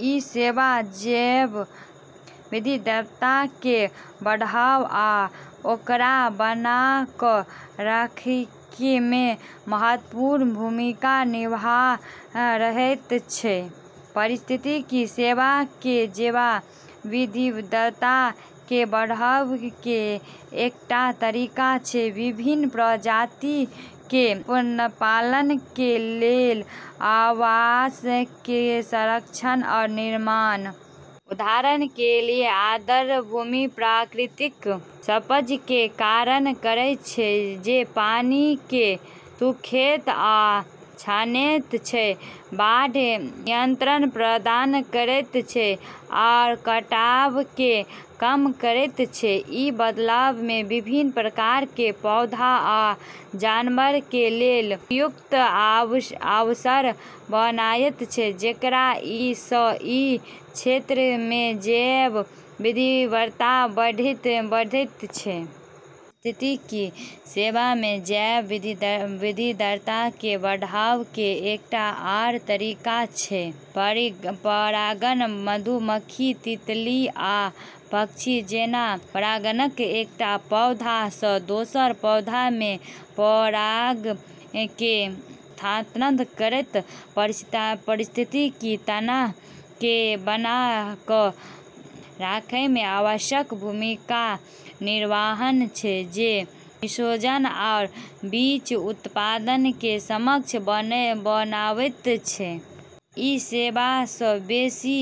ई सेवा जैव विविधता के बढ़ावा आ ओकरा बना क' रखयमे महत्वपूर्ण भूमिकाक निर्वाह करैत छै। पारिस्थितिकी सेवा के जैव विविधता के बढ़ावा के एकटा तरीका छै विभिन्न प्रजाति के पनपनाय के लेल आवास के संरक्षण आ निर्माण। उदाहरण के लिए आर्द्रभूमि प्राकृतिक स्पंज के काज करैत छै, जे पानी के सोखैत आ छानैत छै, बाढ़ नियंत्रण प्रदान करैत छै, आ कटाव के कम करैत छै। ई बदला में विभिन्न प्रकार के पौधा आ जानवर के लेल उपयुक्त आवास बनायत छै, जेकरा सँ ई क्षेत्र में जैव विविधता बढ़ैत छै। पारिस्थितिकी सेवा के जैव विविधता के बढ़ावा के एकटा आ तरीका छै परागण। मधुमक्खी, तितली आ पक्षी जैना परागणक एकटा पौधा सँ दोसर पौधा में पराग के स्थानांतरण करैत पारिस्थितिकी तंत्र के बना क' रखयमे आवश्यक भूमिकाक निर्वाह छै, जे निषेचन आ बीज उत्पादन के सक्षम बनबैत छै। ई सेवा सँ बेसि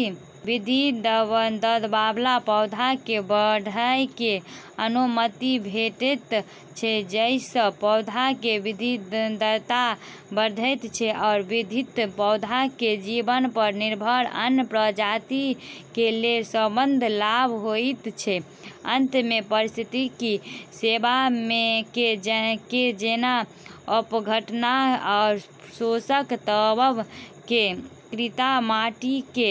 विविधतावला पौधाके बढ़य के अनुमति भेटैत छै, जाहिसँ पौधा के विविधता बढ़ैत छै आ विविध पौधा के जीवन पर निर्भर अन्य प्रजाति के लेल संबद्ध लाभ होइत छै। अंत में, पारिस्थितिकी सेवा के जेना अपघटन आ पोषक तत्व के चक्रीयता माटि के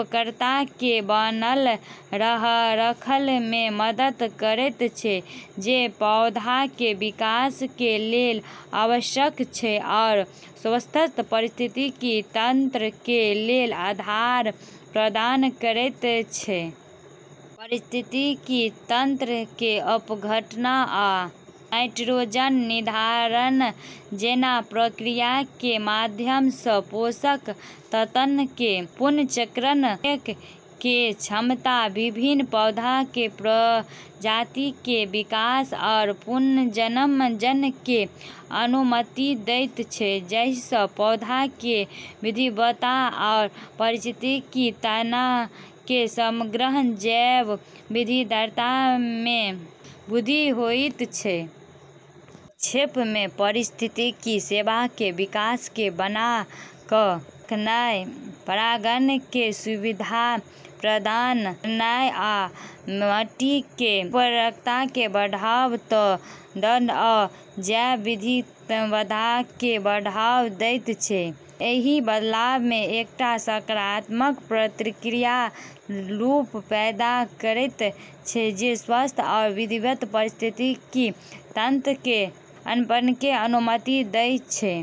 उर्वरता के बनाए रखब में मदद करैत छै, जे पौधा के विकास के लेल आवश्यक छै आ स्वस्थ पारिस्थितिकी तंत्र के लेल आधार प्रदान करैत छै। पारिस्थितिकी तंत्र के अपघटन आ नाइट्रोजन निर्धारण जैना प्रक्रिया के माध्यम सँ पोषक तत्व के पुनर्चक्रण करय के क्षमता विभिन्न पौधा के प्रजाति के विकास आ पुनर्जनन के अनुमति दैत छै, जाहिसँ पौधा के विविधता आ पारिस्थितिकी तंत्र के समग्र जैव विविधता में वृद्धि होइत छै। संक्षेप में, पारिस्थितिकी सेवा के आवास के बना क' रखनाय, परागण के सुविधा प्रदान कयनाय, आ माटि के उर्वरताकेँ बढ़ावा दऽ कऽ जैव विविधताकेँ बढ़ावा दैत छै। एहि बदलामे एकटा सकारात्मक प्रतिक्रिया लूप पैदा करैत छै, जे स्वस्थ आ विविध पारिस्थितिकी तंत्र के पनपयके अनुमति दैत छै।